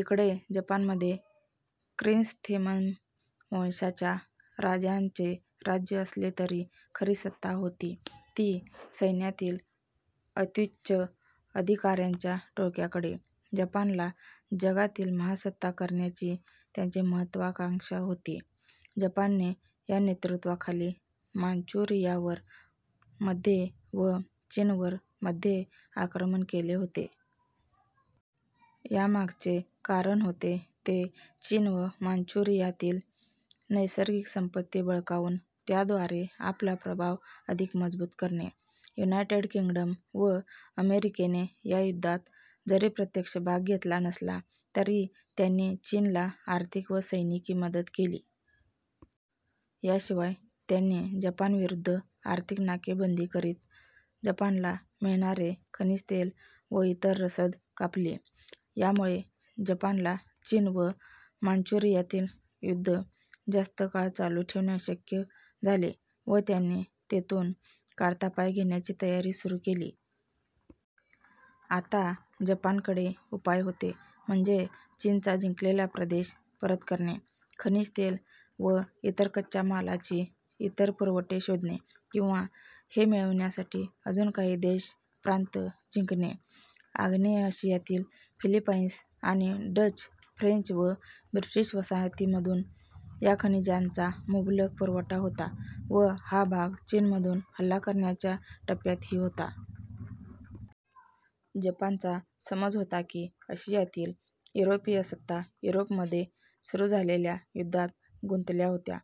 इकडे जपानमध्ये क्रिसॅंथेमम वंशाच्या राजांचे राज्य असले तरी खरी सत्ता होती ती सैन्यातील अत्त्युच्च अधिकाऱ्यांच्या टोळक्याकडे. जपानला जगातील महासत्ता करण्याची त्यांची महत्त्वाकांक्षा होती. जपानने या नेतृत्वाखाली मांचुरियावर मध्ये व चीनवर मध्ये आक्रमण केले होते. यामागचे कारण होते ते चीन व मांचुरियातील नैसर्गिक संपत्ती बळकावून त्याद्वारे आपला प्रभाव अधिक मजबूत करणे. युनायटेड किंग्डम व अमेरिकेने या युद्धात जरी प्रत्यक्ष भाग घेतला नसला तरी त्यांनी चीनला आर्थिक व सैनिकी मदत केली. याशिवाय त्यांनी जपानविरुद्ध आर्थिक नाकेबंदी करीत जपानला मिळणारे खनिज तेल व इतर रसद कापली. यामुळे जपानला चीन व मांचुरियातील युद्ध जास्त काळ चालू ठेवणे अशक्य झाले व त्यांनी तेथून काढता पाय घेण्याची तयारी सुरू केली. आता जपानकडे उपाय होते म्हणजे चीनचा जिंकलेला प्रदेश परत करणे, खनिज तेल व इतर कच्च्या मालाची इतर पुरवठे शोधणे किंवा हे मिळवण्यासाठी अजून काही देश/प्रांत जिंकणे. आग्नेय आशियातील फिलिपाईन्स आणि डच, फ्रेंच व ब्रिटिश वसाहतींमधून या खनिजांचा मुबलक पुरवठा होता व हा भाग चीनमधून हल्ला करण्याच्या टप्प्यातही होता. जपानचा समज होता की आशियातील युरोपीय सत्ता युरोपमध्ये सुरू झालेल्या युद्धात गुंतल्या होत्या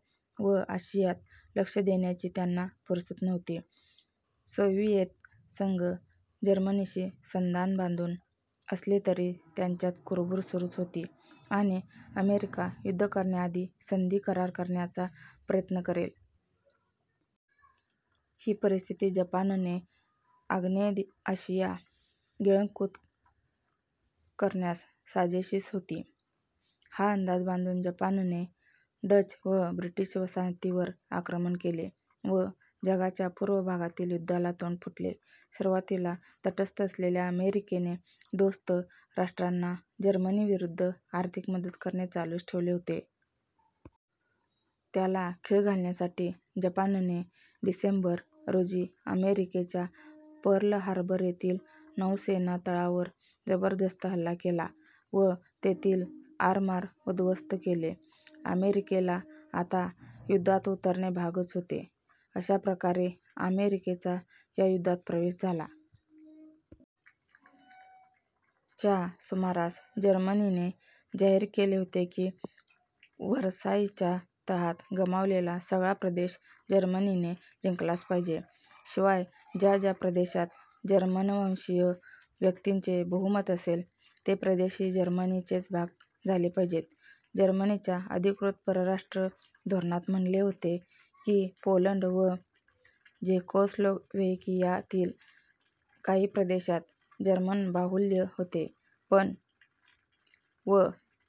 व आशियात लक्ष देण्याची त्यांना फुरसत नव्हती. सोव्हिएत संघ जर्मनीशी संधान बांधून असले तरी त्यांच्यात कुरबुर सुरूच होती आणि अमेरिका युद्ध करण्याआधी संधी/करार करण्याचा प्रयत्न करेल. ही परिस्थिती जपानने आग्नेय आशिया गिळंकृत करण्यास साजेशीच होती. हा अंदाज बांधून जपानने डच व ब्रिटिश वसाहतींवर आक्रमण केले व जगाच्या पूर्व भागातील युद्धाला तोंड फुटले. सुरुवातीला तटस्थ असलेल्या अमेरिकेने दोस्त राष्ट्रांना जर्मनीविरुद्ध आर्थिक मदत करणे चालूच ठेवले होते. त्याला खीळ घालण्यासाठी जपानने डिसेंबर, रोजी अमेरिकेच्या पर्ल हार्बर येथील नौसेना तळावर जबरदस्त हल्ला केला व तेथील आरमार उद्ध्वस्त केले. अमेरिकेला आता युद्धात उतरणे भागच होते. अशा प्रकारे अमेरिकेचा या युद्धात प्रवेश झाला. च्या सुमारास जर्मनीने जाहीर केले होते की व्हर्सायच्या तहात गमावलेला सगळा प्रदेश जर्मनीने जिंकलाच पाहिजे. शिवाय, ज्या ज्या प्रदेशात जर्मनवंशीय व्यक्तींचे बहुमत असेल, ते प्रदेशही जर्मनीचेच भाग झाले पाहिजेत. जर्मनीच्या अधिकृत परराष्ट्र धोरणात म्हणले होते की पोलंड व झेकोस्लोव्हेकियातील काही प्रदेशात जर्मन बाहुल्य होते व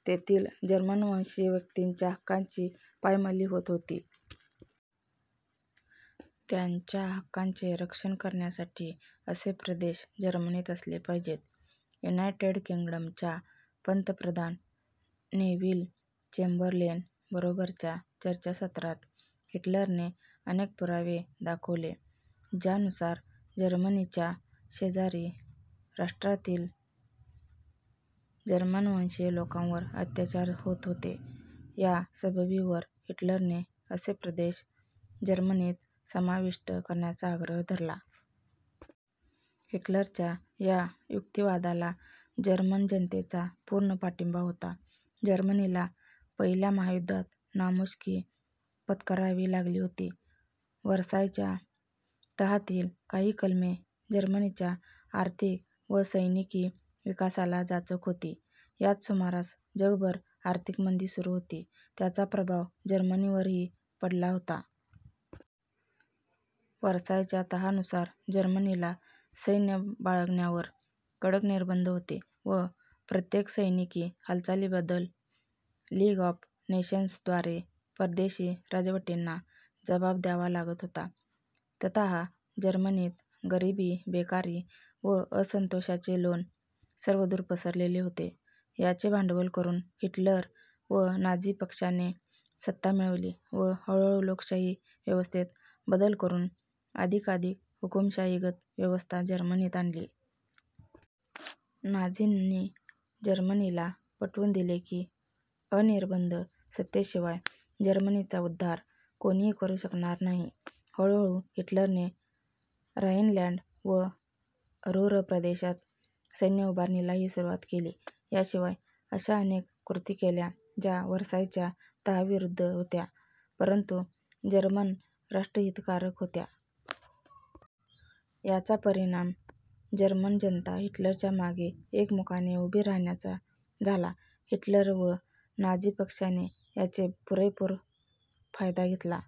तेथील जर्मनवंशीय व्यक्तींच्या हक्कांची पायमल्ली होत होती. त्यांच्या हक्कांचे रक्षण करण्यासाठी असे प्रदेश जर्मनीत असले पाहिजेत. युनायटेड किंग्डमच्या पंतप्रधान नेव्हिल चेम्बरलेन बरोबरच्या चर्चासत्रात हिटलरने अनेक पुरावे दाखवले ज्यानुसार जर्मनीच्या शेजारी राष्ट्रातील जर्मनवंशीय लोकांवर अत्याचार होत होते. या सबबीवर हिटलरने असे प्रदेश जर्मनीत समाविष्ट करण्याचा आग्रह धरला. हिटलरच्या या युक्तिवादाला जर्मन जनतेचा पूर्ण पाठिंबा होता. जर्मनीला पहिल्या महायुद्धात नामुष्की पत्करावी लागली होती. व्हर्सायच्या तहातील काही कलमे जर्मनीच्या आर्थिक व सैनिकी विकासाला जाचक होती. याच सुमारास जगभर आर्थिक मंदी सुरू होती, त्याचा प्रभाव जर्मनीवरही पडला होता. व्हर्सायच्या तहानुसार जर्मनीला सैन्य बाळगण्यावर कडक निर्बंध होते व प्रत्येक सैनिकी हालचालीबद्दल लीग ऑफ नेशन्स द्वारे परदेशी राजवटींना जबाब द्यावा लागत होता. ततः जर्मनीत गरीबी, बेकारी व असंतोषाचे लोण सर्वदूर पसरलेले होते. याचे भांडवल करून हिटलर व नाझी पक्षाने सत्ता मिळवली व हळूहळू लोकशाही व्यवस्थेत बदल करून अधिकाधिक हुकुमशाहीगत व्यवस्था जर्मनीत आली. नाझींनी जर्मनीला पटवून दिले की अनिर्बंध सत्तेशिवाय जर्मनीचा उद्धार कोणीही करू शकणार नाही. हळूहळू हिटलरने ऱ्हाइनलॅंड व रुह्र प्रदेशात सैन्य उभारणीलाही सुरुवात केली. याशिवाय अश्या अनेक कृती केल्या ज्या व्हर्सायच्या तहाविरुद्ध होत्या परंतु जर्मन राष्ट्रहितकारक होत्या. याचा परिणाम जर्मन जनता हिटलरच्या मागे एकमुखाने उभी राहण्याचा झाला. हिटलर व नाझी पक्षाने याचे पूरेपूर फायदा घेतला.